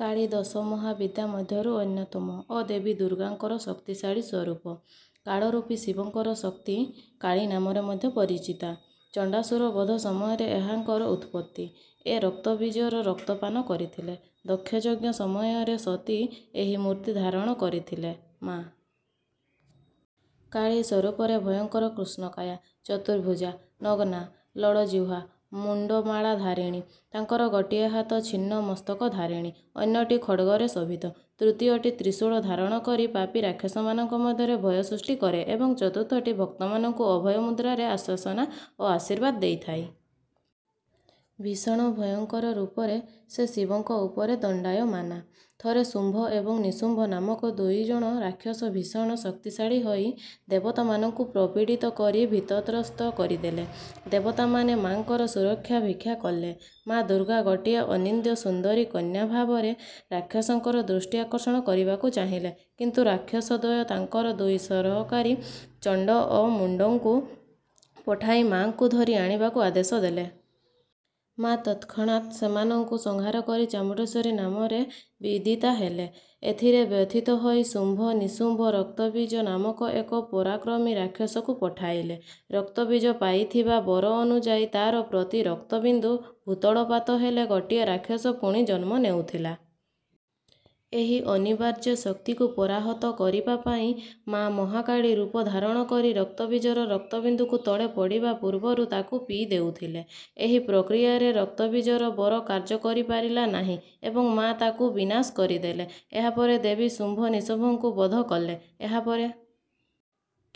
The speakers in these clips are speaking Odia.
କାଳୀ ଦଶମହାବିଦ୍ୟା ମଧ୍ୟରୁ ଅନ୍ୟତମ ଓ ଦେବୀ ଦୁର୍ଗାଙ୍କର ଶକ୍ତିଶାଳୀ ସ୍ୱରୂପ। କାଳରୂପୀ ଶିବଙ୍କର ଶକ୍ତି କାଳୀ ନାମରେ ମଧ୍ୟ ପରିଚିତା। ଚଣ୍ଡାସୁର ବଧ ସମୟରେ ଏହାଙ୍କର ଉତ୍ପତ୍ତି, ଏ ରକ୍ତବୀଜର ରକ୍ତ ପାନ କରିଥିଲେ। ଦକ୍ଷଯଜ୍ଞ ସମୟରେ ସତୀ ଏହି ମୂର୍ତ୍ତି ଧାରଣ କରିଥିଲେ। ମା' କାଳୀ ସ୍ୱରୂପରେ ଭୟଙ୍କର କୃଷ୍ଣକାୟା, ଚତୁର୍ଭୁଜା, ନଗ୍ନା, ଲୋଳଜିହ୍ୱା, ମୁଣ୍ଡମାଳାଧାରିଣୀ। ତାଙ୍କର ଗୋଟିଏ ହାତ ଛିନ୍ନ-ମସ୍ତକ ଧାରିଣୀ, ଅନ୍ୟଟି ଖଡ୍ଗରେ ଶୋଭିତ, ତୃତୀୟଟି ତ୍ରିଶୂଳ ଧାରଣ କରି ପାପୀ ରାକ୍ଷସମାନଙ୍କ ମଧ୍ୟରେ ଭୟ ସୃଷ୍ଟି କରେ ଏବଂ ଚତୁର୍ଥଟି ଭକ୍ତମାନଙ୍କୁ ଅଭୟ ମୁଦ୍ରାରେ ଆଶ୍ୱାସନା ଓ ଆଶୀର୍ବାଦ ଦେଇଥାଏ। ଭୀଷଣ ଭୟଙ୍କର ରୂପରେ ସେ ଶିବଙ୍କ ଉପରେ ଦଣ୍ଡାୟମାନା। ଥରେ ଶୁମ୍ଭ ଏବଂ ନିଶୁମ୍ଭ ନାମକ ଦୁଇ ଜଣ ରାକ୍ଷସ ଭୀଷଣ ଶକ୍ତିଶାଳୀ ହୋଇ ଦେବତାମାନଙ୍କୁ ପ୍ରପୀଡ଼ିତ କରି ଭୀତତ୍ରସ୍ତ କରିଦେଲେ। ଦେବତାମାନେ ମା'ଙ୍କର ସୁରକ୍ଷା ଭିକ୍ଷା କଲେ। ମା' ଦୁର୍ଗା ଗୋଟିଏ ଅନିନ୍ଦ୍ୟ ସୁନ୍ଦରୀ କନ୍ୟା ଭାବରେ ରାକ୍ଷସଙ୍କର ଦୃଷ୍ଟି ଆକର୍ଷଣ କରିବାକୁ ଚାହିଁଲେ, କିନ୍ତୁ ରାକ୍ଷସ ଦ୍ୱୟ ତାଙ୍କର ଦୁଇ ସହକାରୀ ଚଣ୍ଡ ଓ ମୁଣ୍ଡଙ୍କୁ ପଠାଇ ମା'ଙ୍କୁ ଧରି ଆଣିବାକୁ ଆଦେଶ ଦେଲେ। ମା' ତତ୍କ୍ଷଣାତ୍ ସେମାନଙ୍କୁ ସଂହାର କରି ଚାମୁଣ୍ଡେଶ୍ୱରୀ ନାମରେ ବିଦିତା ହେଲେ। ଏଥିରେ ବ୍ୟଥିତ ହୋଇ ଶୁମ୍ଭ, ନିଶୁମ୍ଭ ରକ୍ତବୀଜ ନାମକ ଏକ ପରାକ୍ରମୀ ରାକ୍ଷସକୁ ପଠାଇଲେ। ରକ୍ତବୀଜ ପାଇଥିବା ବର ଅନୁଯାୟୀ ତା’ର ପ୍ରତି ରକ୍ତବିନ୍ଦୁ ଭୂତଳପାତ ହେଲେ ଗୋଟିଏ ରାକ୍ଷସ ପୁଣି ଜନ୍ମ ନେଉଥିଲା। ଏହି ଅନିବାର୍ଯ୍ୟ ଶକ୍ତିକୁ ପରାହତ କରିବା ପାଇଁ ମା' ମହାକାଳୀ ରୂପ ଧାରଣ କରି ରକ୍ତବୀଜର ରକ୍ତବିନ୍ଦୁ ତଳେ ପଡ଼ିବା ପୂର୍ବରୁ ତାକୁ ପିଇ ଦେଉଥିଲେ। ଏହି ପ୍ରକ୍ରିୟାରେ ରକ୍ତବୀଜର ବର କାର୍ଯ୍ୟ କରିପାରିଲା ନାହିଁ ଏବଂ ମା’ ତାକୁ ବିନାଶ କରିଦେଲେ। ଏହାପରେ ଦେବୀ ଶୁମ୍ଭ ନିଶୁମ୍ଭଙ୍କୁ ବଧ କଲେ। ଏହାପରେ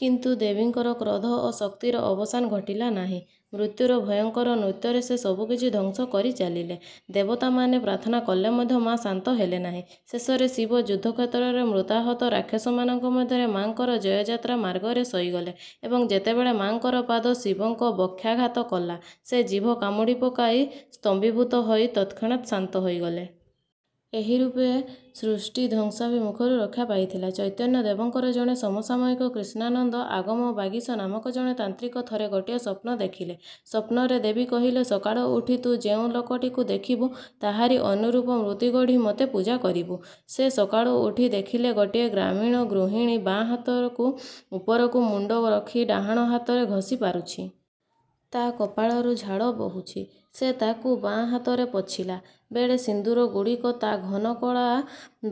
କିନ୍ତୁ ଦେବୀଙ୍କର କ୍ରୋଧ ଓ ଶକ୍ତିର ଅବସାନ ଘଟିଲା ନାହିଁ। ମୃତ୍ୟୁର ଭୟଙ୍କର ନୃତ୍ୟରେ ସେ ସବୁକିଛି ଧ୍ୱଂସ କରି ଚାଲିଲେ। ଦେବତାମାନେ ପ୍ରାର୍ଥନା କଲେ ମଧ୍ୟ ମା’ ଶାନ୍ତ ହେଲେ ନାହିଁ। ଶେଷରେ ଶିବ ଯୁଦ୍ଧକ୍ଷେତ୍ରରେ ମୃତାହତ ରାକ୍ଷସମାନଙ୍କ ମଧ୍ୟରେ ମା'ଙ୍କର ଜୟଯାତ୍ରା ମାର୍ଗରେ ଶୋଇଗଲେ ଏବଂ ଯେତେବେଳେ ମା'ଙ୍କର ପାଦ ଶିବଙ୍କ ବକ୍ଷାଘାତ କଲା, ସେ ଜିଭ କାମୁଡ଼ି ପକାଇ, ସ୍ତମ୍ଭୀଭୂତ ହୋଇ ତତ୍କ୍ଷଣାତ୍ ଶାନ୍ତ ହୋଇଗଲେ। ଏହିରୂପେ ସୃଷ୍ଟି ଧ୍ୱଂସାଭିମୁଖରୁ ରକ୍ଷା ପାଇଥିଲା। ଚୈତନ୍ୟଦେବଙ୍କର ଜଣେ ସମସାମୟିକ କ୍ରିଷ୍ଣାନନ୍ଦ ଆଗମବାଗୀଶ ନାମକ ଜଣେ ତାନ୍ତ୍ରିକ ଥରେ ଗୋଟିଏ ସ୍ୱପ୍ନ ଦେଖିଲେ। ସ୍ୱପ୍ନରେ ଦେବୀ କହିଲେ ସକାଳୁ ଉଠି ତୁ ଯେଉଁ ଲୋକଟିକୁ ଦେଖିବୁ, ତାହାରି ଅନୁରୂପ ମୂର୍ତ୍ତି ଗଢ଼ି ମୋତେ ପୂଜା କରିବୁ। ସେ ସକାଳୁ ଉଠି ଦେଖିଲେ ଗୋଟିଏ ଗ୍ରାମୀଣ ଗୃହିଣୀ ବାଁ ହାତକୁ ଉପରକୁ ମୁଣ୍ଡ ରଖି ଡାହାଣ ହାତରେ ଘଷି ପାରୁଛି। ତା' କପାଳରୁ ଝାଳ ବୋହୁଛି। ସେ ତାକୁ ବାଁ ହାତରେ ପୋଛିଲା ବେଳେ ସିନ୍ଦୂରଗୁଡ଼ିକ ତା' ଘନ କଳା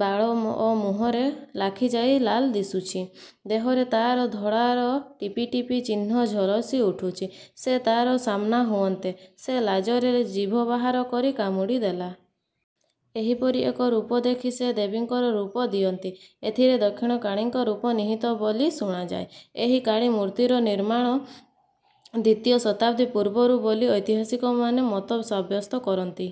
ବାଳ ଓ ମୁହଁରେ ଲାଖିଯାଇ ଲାଲ୍ ଦିଶୁଛି। ଦେହରେ ତା'ର ଧଳାର ଟିପିଟିପି ଚିହ୍ନ ଝଳସି ଉଠୁଛି। ସେ ତା'ର ସାମ୍ନା ହୁଅନ୍ତେ ସେ ଲାଜରେ ଜିଭ ବାହାର କରି କାମୁଡ଼ିଦେଲା। ଏହିପରି ଏକ ରୂପ ଦେଖି ସେ ଦେବୀଙ୍କର ରୂପ ଦିଅନ୍ତି। ଏଥିରେ ଦକ୍ଷିଣକାଳୀଙ୍କ ରୂପ ନିହିତ ବୋଲି ଶୁଣାଯାଏ। ଏହି କାଳୀ ମୂର୍ତ୍ତିର ନିର୍ମାଣ ଦ୍ୱିତୀୟ ଶତାବ୍ଦୀ ପୂର୍ବରୁ ବୋଲି ଐତିହାସିକମାନେ ମତ ସାବ୍ୟସ୍ତ କରନ୍ତି।